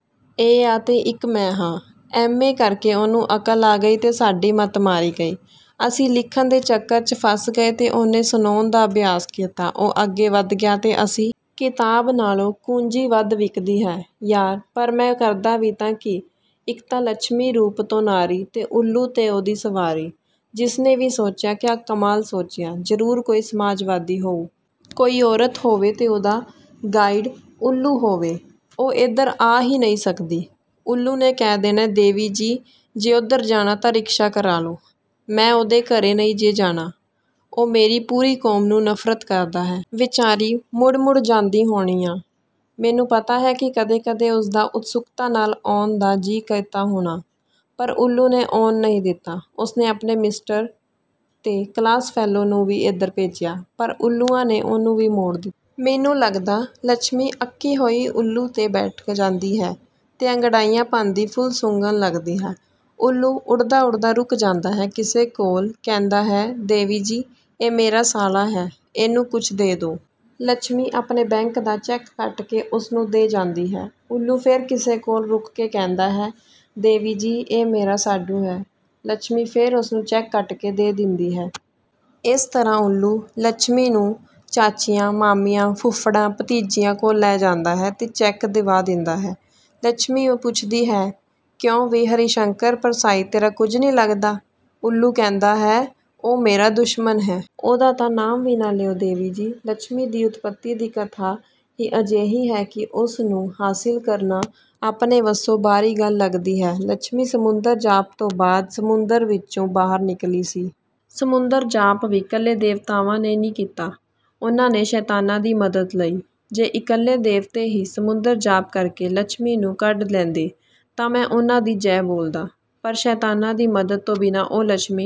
ਏ ਆ ਤੇ ਇੱਕ ਮੈਂ ਹਾਂ। ਐਮ. ਏ ਕਰਕੇ ਉਹਨੂੰ ਅਕਲ ਆ ਗਈ ਤੇ ਸਾਡੀ ਮੱਤ ਮਾਰੀ ਗਈ। ਅਸੀਂ ਲਿਖਣ ਦੇ ਚੱਕਰ 'ਚ ਫਸ ਗਏ ਤੇ ਉਹਨੇ ਸੁਣਾਉਣ ਦਾ ਅਭਿਆਸ ਕੀਤਾ। ਉਹ ਅੱਗੇ ਵਧ ਗਿਆ ਤੇ ਅਸੀਂ? ਕਿਤਾਬ ਨਾਲੋਂ ਕੁੰਜੀ ਵੱਧ ਵਿਕਦੀ ਹੈ। ਯਾਰ, ਪਰ ਮੈਂ ਕਰਦਾ ਵੀ ਤਾਂ ਕੀ? ਇੱਕ ਤਾਂ ਲੱਛਮੀ ਰੂਪ ਤੋਂ ਨਾਰੀ, ਤੇ ਉੱਲੂ ਤੇ ਉਹਦੀ ਸਵਾਰੀ। ਜਿਸਨੇ ਵੀ ਸੋਚਿਆ ਕਿਆ ਕਮਾਲ ਸੋਚਿਆ। ਜਰੂਰ ਕੋਈ ਸਮਾਜਵਾਦੀ ਹੋਊ। ਕੋਈ ਔਰਤ ਹੋਵੇ ਤੇ ਉਹਦਾ 'ਗਾਈਡ' ਉੱਲੂ ਹੋਵੇ ਉਹ ਇੱਧਰ ਆ ਹੀ ਨਹੀਂ ਸਕਦੀ। ਉੱਲੂ ਨੇ ਕਹਿ ਦੇਣਾ- 'ਦੇਵੀ ਜੀ ਜੇ ਉੱਧਰ ਜਾਣਾ ਤਾਂ ਰਿਕਸ਼ਾ ਕਰਾਲੋ। ਮੈਂ ਉਹਦੇ ਘਰੇ ਨਹੀਂ ਜੇ ਜਾਣਾ। ਉਹ ਮੇਰੀ ਪੂਰੀ ਕੌਮ ਨੂੰ ਨਫਰਤ ਕਰਦਾ ਹੈ। ' ਵਿਚਾਰੀ ਮੁੜ-ਮੜ ਜਾਂਦੀ ਹੋਣੀ ਆ। ਮੈਨੂੰ ਪਤਾ ਹੈ ਕਿ ਕਦੇ-ਕਦੇ ਉਸਦਾ ਉਤਸੁਕਤਾ ਨਾਲ਼ ਆਉਣ ਦਾ ਜੀਅ ਕੀਤਾ ਹੋਣਾ। ਪਰ ਉੱਲੂ ਨੇ ਆਉਣ ਨਹੀਂ ਦਿੱਤਾ। ਉਸਨੇ ਆਪਣੇ 'ਮਿਸਟਰ' ਤੇ 'ਕਲਾਸਫੈਲੋ' ਨੂੰ ਵੀ ਇੱਧਰ ਭੇਜਿਆ, ਪਰ ਉੱਲੂਆਂ ਨੇ ਉਹਨੂੰ ਵੀ ਮੋੜ ਦਿੱਤਾ। ਮੈਨੂੰ ਲੱਗਦਾ, ਲੱਛਮੀ ਅੱਕੀ ਹੋਈ ਉੱਲੂ ਤੇ ਬੈਠ ਜਾਂਦੀ ਹੈ ਤੇ ਅੰਗੜਾਈਆਂ ਭੰਨਦੀ ਫੁੱਲ ਸੁੰਘਣ ਲੱਗਦੀ ਹੈ। ਉੱਲੂ ਉੱਡਦਾ-ਉੱਡਦਾ ਰੁਕ ਜਾਂਦਾ ਹੈ, ਕਿਸੇ ਕੋਲ। ਕਹਿੰਦਾ ਹੈ- 'ਦੇਵੀ ਜੀ, ਇਹ ਮੇਰਾ ਸਾਲਾ ਹੈ। ਇਹਨੂੰ ਕੁਛ ਦੇ ਦੋ। ' ਲੱਛਮੀ ਆਪਣੇ ਬੈਂਕ ਦਾ ਚੈੱਕ ਕੱਟ ਕੇ ਉਸਨੂੰ ਦੇ ਜਾਂਦੀ ਹੈ।। ਉੱਲੂ ਫੇਰ ਕਿਸੇ ਕੋਲ ਰੁਕ ਕੇ ਕਹਿੰਦਾ ਹੈ- ਦੇਵੀ ਜੀ, ਇਹ ਮੇਰਾ ਸਾਢੂ ਹੈ। ਲੱਛਮੀ ਫੇਰ ਉਸਨੂੰ ਚੈੱਕ ਕੱਟ ਕੇ ਦੇ ਦਿੰਦੀ ਹੈ। ਇਸ ਤਰਾਂ ਉੱਲੂ, ਲੱਛਮੀ ਨੂੰ ਚਾਚਿਆਂ, ਮਾਮਿਆਂ, ਫੁੱਫੜਾਂ, ਭਤੀਜਿਆਂ ਕੋਲ ਲੈ ਜਾਂਦਾ ਹੈ ਤੇ ਚੈਕ ਦਿਵਾ ਦਿੰਦਾ ਹੈ। ਲੱਛਮੀ ਪੁੱਛਦੀ ਹੈ, "ਕਿਉਂ ਵੀ ਹਰੀਸ਼ੰਕਰ ਪਰਸਾਈ, ਤੇਰਾ ਕੁਝ ਨੀਂ ਲੱਗਦਾ? " ਉੱਲੂ ਕਹਿੰਦਾ ਹੈ, "ਉਹ ਮੇਰਾ ਦੁਸ਼ਮਣ ਹੈ। ਉਹਦਾ ਤਾਂ ਨਾਮ ਵੀ ਨਾਂ ਲਿਉ ਦੇਵੀ ਜੀ! " ਲੱਛਮੀ ਦੀ ਉਤਪਤੀ ਦੀ ਕਥਾ ਹੀ ਅਜਿਹੀ ਹੈ ਕਿ ਉਸ ਨੂੰ ਹਾਸਿਲ ਕਰਨਾ ਆਪਣੇ ਵੱਸੋਂ ਬਾਹਰੀ ਗੱਲ ਲੱਗਦੀ ਹੈ। ਲੱਛਮੀ ਸਮੁੰਦਰ ਜਾਪ ਤੋਂ ਬਾਅਦ ਸਮੁੰਦਰ ਵਿੱਚੋਂ ਬਾਹਰ ਨਿੱਕਲੀ ਸੀ। ਸਮੁੰਦਰ ਜਾਪ ਵੀ 'ਕੱਲੇ ਦੇਵਤਾਵਾਂ ਨੇ ਨੀਂ ਕੀਤਾ। ਉਹਨਾਂ ਨੇ ਸ਼ੈਤਾਨਾਂ ਦੀ ਮਦਦ ਲਈ। ਜੇ ਇਕੱਲੇ ਦੇਵਤੇ ਹੀ ਸਮੁੰਦਰ ਜਾਪ ਕਰਕੇ ਲੱਛਮੀ ਨੂੰ ਕੱਢ ਲੈਂਦੇ, ਤਾਂ ਮੈਂ ਉਹਨਾਂ ਦੀ ਜੈ ਬੋਲਦਾ। ਪਰ 'ਸ਼ੈਤਾਨਾਂ' ਦੀ ਮਦਦ ਤੋਂ ਬਿਨਾਂ ਉਹ ਲੱਛਮੀ